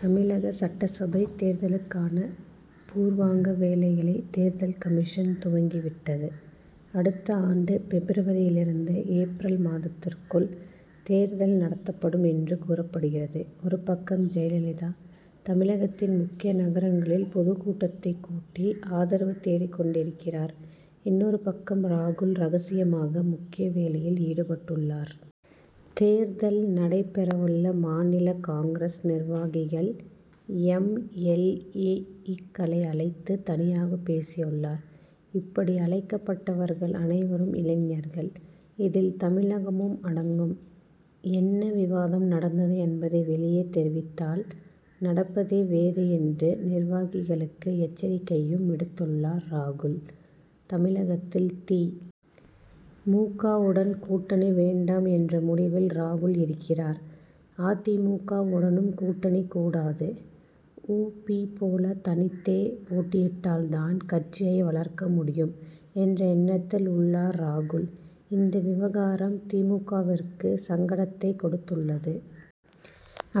தமிழக சட்டசபைத் தேர்தலுக்கான பூர்வாங்க வேலைகளை தேர்தல் கமிஷன் துவங்கிவிட்டது. அடுத்த ஆண்டு பிப்ரவரியிலிருந்து, ஏப்ரல் மாதத்திற்குள் தேர்தல் நடத்தப்படும் என்று கூறப்படுகிறது. ஒரு பக்கம் ஜெயலலிதா, தமிழகத்தின் முக்கிய நகரங்களில் பொதுக் கூட்டத்தைக் கூட்டி ஆதரவு தேடிக் கொண்டிருக்கிறார். இன்னொரு பக்கம், ராகுல் ரகசியமாக முக்கிய வேலையில் ஈடுபட்டுள்ளார். தேர்தல் நடைபெறவுள்ள மாநில காங்கிரஸ் நிர்வாகிகள், எம். எல். ஏ.,க்களை அழைத்து தனியாக பேசியுள்ளார். இப்படி அழைக்கப்பட்டவர்கள் அனைவரும் இளைஞர்கள். இதில் தமிழகமும் அடங்கும். என்ன விவாதம் நடந்தது என்பதை வெளியே தெரிவித்தால், நடப்பதே வேறு என்று நிர்வாகிகளுக்கு எச்சரிக்கையையும் விடுத்துள்ளார் ராகுல். தமிழகத்தில் தி. மு. க.,வுடன் கூட்டணி வேண்டாம் என்ற முடிவில் ராகுல் இருக்கிறார். "அ. தி. மு. க.,வுடனும் கூட்டணி கூடாது. உ. பி., போல தனித்தே போட்டியிட்டால் தான் கட்சியை வளர்க்க முடியும்' என்ற எண்ணத்தில் உள்ளார் ராகுல். இந்த விவகாரம் தி. மு. க.,விற்கு சங்கடத்தைக் கொடுத்துள்ளது.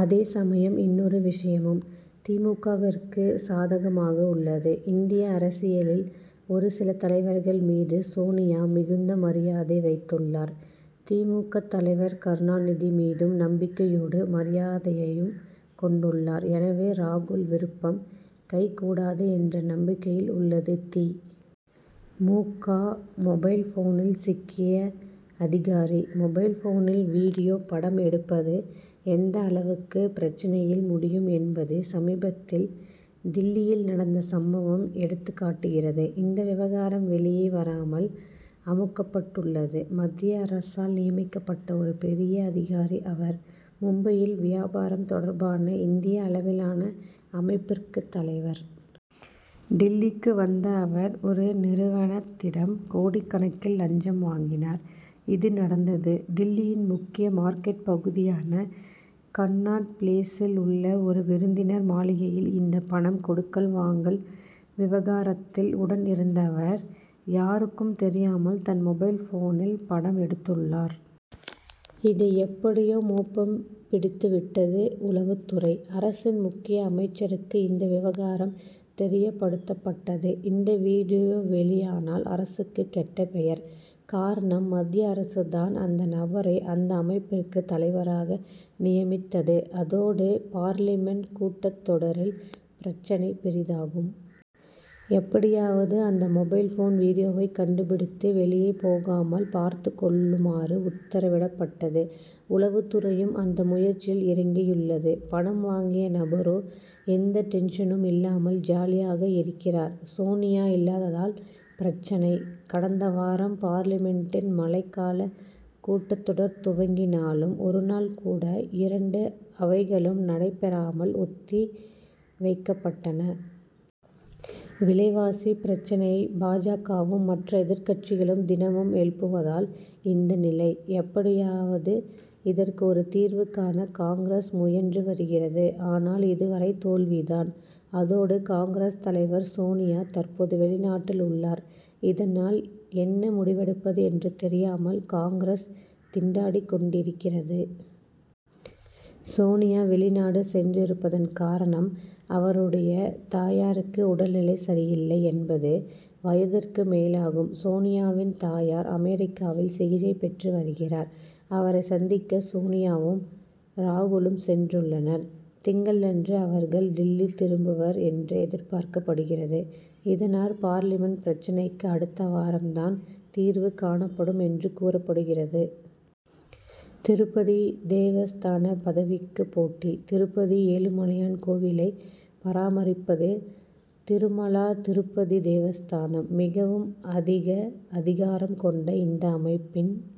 அதே சமயம், இன்னொரு விஷயமும் தி. மு. க.,விற்கு சாதகமாக உள்ளது. இந்திய அரசியலில், ஒரு சில தலைவர்கள் மீது சோனியா மிகுந்த மரியாதை வைத்துள்ளார். தி. மு. க., தலைவர் கருணாநிதி மீதும் நம்பிக்கையோடு மரியாதையையும் கொண்டுள்ளார். எனவே, ராகுல் விருப்பம் கைகூடாது என்ற நம்பிக்கையில் உள்ளது தி. மு. க., மொபைல்போனில் சிக்கிய அதிகாரி: மொபைல்போனில் வீடியோ படம் எடுப்பது எந்த அளவுக்கு பிரச்னையில் முடியும் என்பது, சமீபத்தில் டில்லியில் நடந்த சம்பவம் எடுத்துக் காட்டுகிறது. இந்த விவகாரம் வெளியே வராமல் அமுக்கப்பட்டுள்ளது. மத்திய அரசால் நியமிக்கப்பட்ட ஒரு பெரிய அதிகாரி அவர். மும்பையில் வியாபாரம் தொடர்பான இந்திய அளவிலான அமைப்பிற்கு தலைவர். டில்லிக்கு வந்த அவர், ஒரு நிறுவனத்திடம் கோடிக்கணக்கில் லஞ்சம் வாங்கினார். இது நடந்தது, டில்லியின் முக்கிய மார்க்கெட் பகுதியான கன்னாட் பிளேசில் உள்ள ஒரு விருந்தினர் மாளிகையில். இந்த பணம் கொடுக்கல் வாங்கல் விவகாரத்தில் உடன் இருந்தவர், யாருக்கும் தெரியாமல் தன் மொபைல்போனில் படம் எடுத்துள்ளார். இதை எப்படியோ மோப்பம் பிடித்துவிட்டது உளவுத்துறை. அரசின் முக்கிய அமைச்சருக்கு இந்த விவகாரம் தெரியப்படுத்தப்பட்டது. இந்த வீடியோ வெளியானால் அரசுக்கு கெட்ட பெயர். காரணம், மத்திய அரசு தான் அந்த நபரை, அந்த அமைப்பிற்கு தலைவராக நியமித்தது. அதோடு, பார்லிமென்ட் கூட்டத் தொடரில் பிரச்னை பெரிதாகும். எப்படியாவது அந்த மொபைல்போன் வீடியோவை கண்டுபிடித்து, வெளியே போகாமல் பார்த்துக் கொள்ளுமாறு உத்தரவிடப்பட்டது. உளவுத் துறையும் அந்த முயற்சியில் இறங்கியுள்ளது. பணம் வாங்கிய நபரோ, எந்த டென்ஷனும் இல்லாமல் ஜாலியாக இருக்கிறார். சோனியா இல்லாததால் பிரச்னை: கடந்த வாரம் பார்லிமென்டின் மழைக்காலக் கூட்டத்தொடர் துவங்கினாலும், ஒருநாள் கூட இரண்டு அவைகளும் நடைபெறாமல் ஒத்தி வைக்கப்பட்டன. விலைவாசி பிரச்னையை பா. ஜ.,வும் மற்ற எதிர்க்கட்சிகளும் தினமும் எழுப்புவதால் இந்த நிலை. எப்படியாவது இதற்கு ஒரு தீர்வு காண காங்கிரஸ் முயன்று வருகிறது. ஆனால், இதுவரை தோல்வி தான். அதோடு, காங்கிரஸ் தலைவர் சோனியா தற்போது வெளிநாட்டில் உள்ளார். இதனால், என்ன முடிவெடுப்பது என்று தெரியாமல் காங்கிரஸ் திண்டாடிக் கொண்டிருக்கிறது. சோனியா வெளிநாடு சென்றிருப்பதன் காரணம், அவருடைய தாயாருக்கு உடல்நிலை சரியில்லை. எண்பது வயதிற்கு மேலாகும் சோனியாவின் தாயார், அமெரிக்காவில் சிகிச்சை பெற்று வருகிறார். அவரை சந்திக்க சோனியாவும், ராகுலும் சென்றுள்ளனர். திங்களன்று அவர்கள் டில்லி திரும்புவர் என்று எதிர்பார்க்கப்படுகிறது. இதனால், பார்லிமென்ட் பிரச்னைக்கு அடுத்த வாரம் தான் தீர்வு காணப்படும் என்று கூறப்படுகிறது. திருப்பதி தேவஸ்தான பதவிக்கு போட்டி: திருப்பதி ஏழுமலையான் கோவிலை பராமரிப்பது, திருமலா திருப்பதி தேவஸ்தானம். மிகவும் அதிக அதிகாரம் கொண்ட இந்த அமைப்பின்